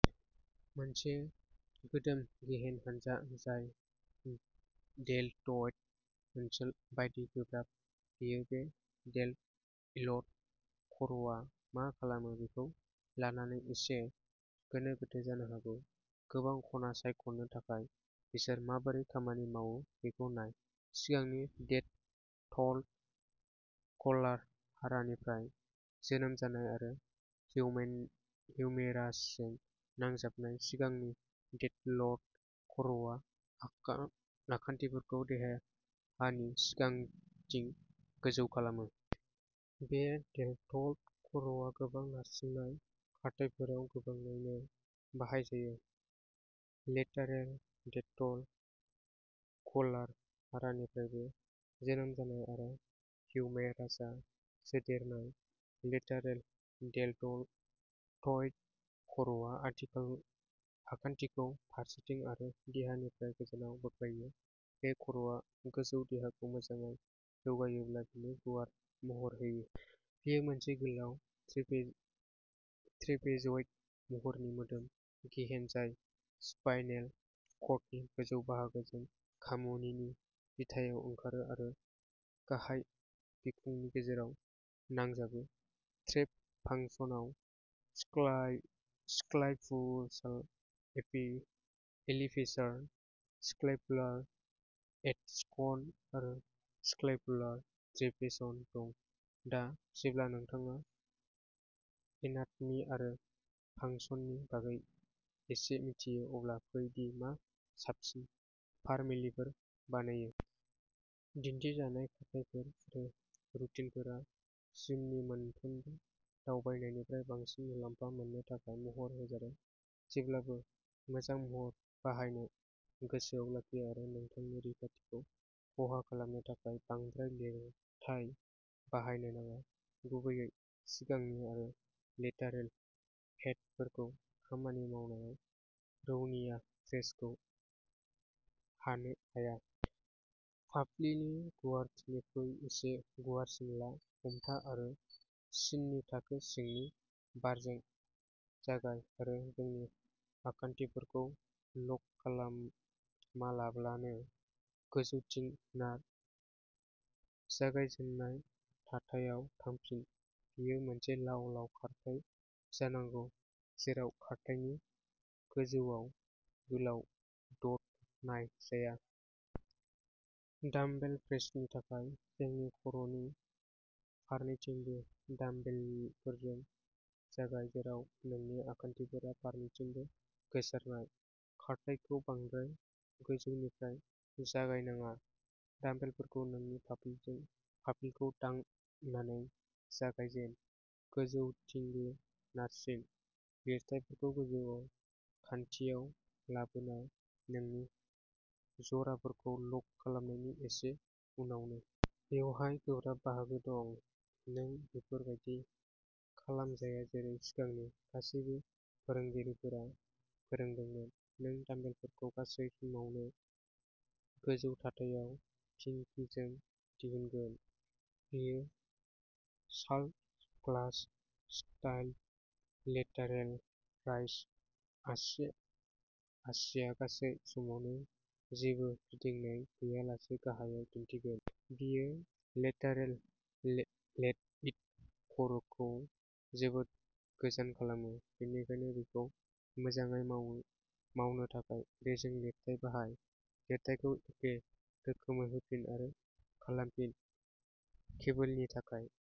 मोनसे गोदोम गेहेन हानजा जाय डेलटइट ओनसोल बायदि गोब्राब बेयो डेलटइट खर'आ मा खालामो बेखौ लानानै एसे गोनो गोथो जानो हागौ। गोबां खना सायख'नो थाखाय बिसोर माबोरै खामानि मावो बेखौ नाय। सिगांनि डेटल कलार हारानिफ्राय जोनोम जानाय आरो हिउमेरास जों नांजाबनाय सिगांनि डेलटइट खर'आ आखान्थिखौ देहानि सिगांथिं गोजौ खालामो। बे डेलटइड खर'आ गोबां नारसिननाय खारथाइफोराव गोबाङैनो बाहायजायो। लेटारेल डेलटइडः कलार हारानिफ्रायबो जोनोम जानाय आरो ह्यूमेरासआव सोदेरनाय, लेटारेल डेलटइड खर'आ आखान्थिखौ फारसेथिं आरो देहानिफ्राय गोजानाव बोख्लायो। बे खर'आ गोजौ देहाखौ मोजाङै जौगायोब्ला बिनि गुवार महर होयो। बेयो मोनसे गोलाव, ट्रेपेजइड महरनि मोदोम गेहेन जाय स्पाइनेल कर्डनि गोजौ बाहागोजों खामुनिनि बिथायाव ओंखारो आरो गाहाय बिखुंनि गेजेराव नांजाबो। ट्रेप फांसनआव स्क्यापुलार एलिभेशन, स्क्यापुलार एडक्शन आरो स्क्यापुलार डिप्रेसन दं। दा जेब्ला नोंथाङा एनाटमी आरो फांशननि बागै एसे मिथियो, अब्ला फै दि मा साबसिन फाफ्लिफोर बानायो। दिन्थिजानाय खारथाइफोर आरो रुटिनफोरा जिमनि मोनफ्रोमबो दावबायनायनिफ्राय बांसिन मुलाम्फा मोननो थाखाय महर होजादों। जेब्लाबो मोजां महर बाहायनो गोसोआव लाखि आरो नोंथांनि रैखाथिखौ खहा खालामनो थाखाय बांद्राय लिरथाइ बाहायनो नाङा। गुबैयै सिगांनि आरो लेटारेल हेडफोरखौ खामानि मावनायाव रौनिया प्रेसखौ हानो हाया। फाफ्लिनि गुवारथिनिख्रुइ एसे गुवारसिन ला। हमथा आरो सिननि थाखो सिंनि बारजों जागाय आरो नोंनि आखान्थिफोरखौ लक खालामालाबानो गोजौथिं नार। जागायजेननाय थाथायाव थांफिन। बेयो मोनसे लाव-लाव खारथाय जानांगौ, जेराव खारथायनि गोजौआव गोलाव ददनाय जाया। डामबेल प्रेसनि थाखाय नोंनि खर'नि फारनैथिंबो डामबेलफोरजों जागाय, जेराव नोंनि आखान्थिफोरा फारनैथिंबो गोसारनाय। खारथायखौ बांद्राय गोजौनिफ्राय जागायनाङा डामबेलफोरखौ नोंनि फाफ्लिखौ दांनानै जागायजेन। गोजौथिंबो नारसिन, लिरथाइफोरखौ गोजौआव खाथियाव लाबोना, नोंनि जराफोरखौ लक खालामनायनि एसे उनावनो। बेवहाय गोब्राब बाहागो दं। नों बेफोर बायदि खालामजाया जेरै सिगांनि गासैबो फोरोंगिरिफोरा फोरोंदोंमोन। नों डामबेलफोरखौ गासै समावनो गोजौ थाथायाव पिंकिजों दिहुनगोन। बेयो Charles Glass style lateral rise. आसि-आसिआ गासै समावनो जेबो फिदिंनाय गैयालासे गाहायाव दिन्थिगोन। बेयो लेटारेल लेल्टइड खर'खौ जोबोद गोजान खालामो, बेनिखायनो बेखौ मोजाङै मावनो थाखाय रेजें लिरथाइ बाहाय। लिरथायखौ एखे रोखोमै होफिन आरो खालामफिन। केबोलनि थाखाय।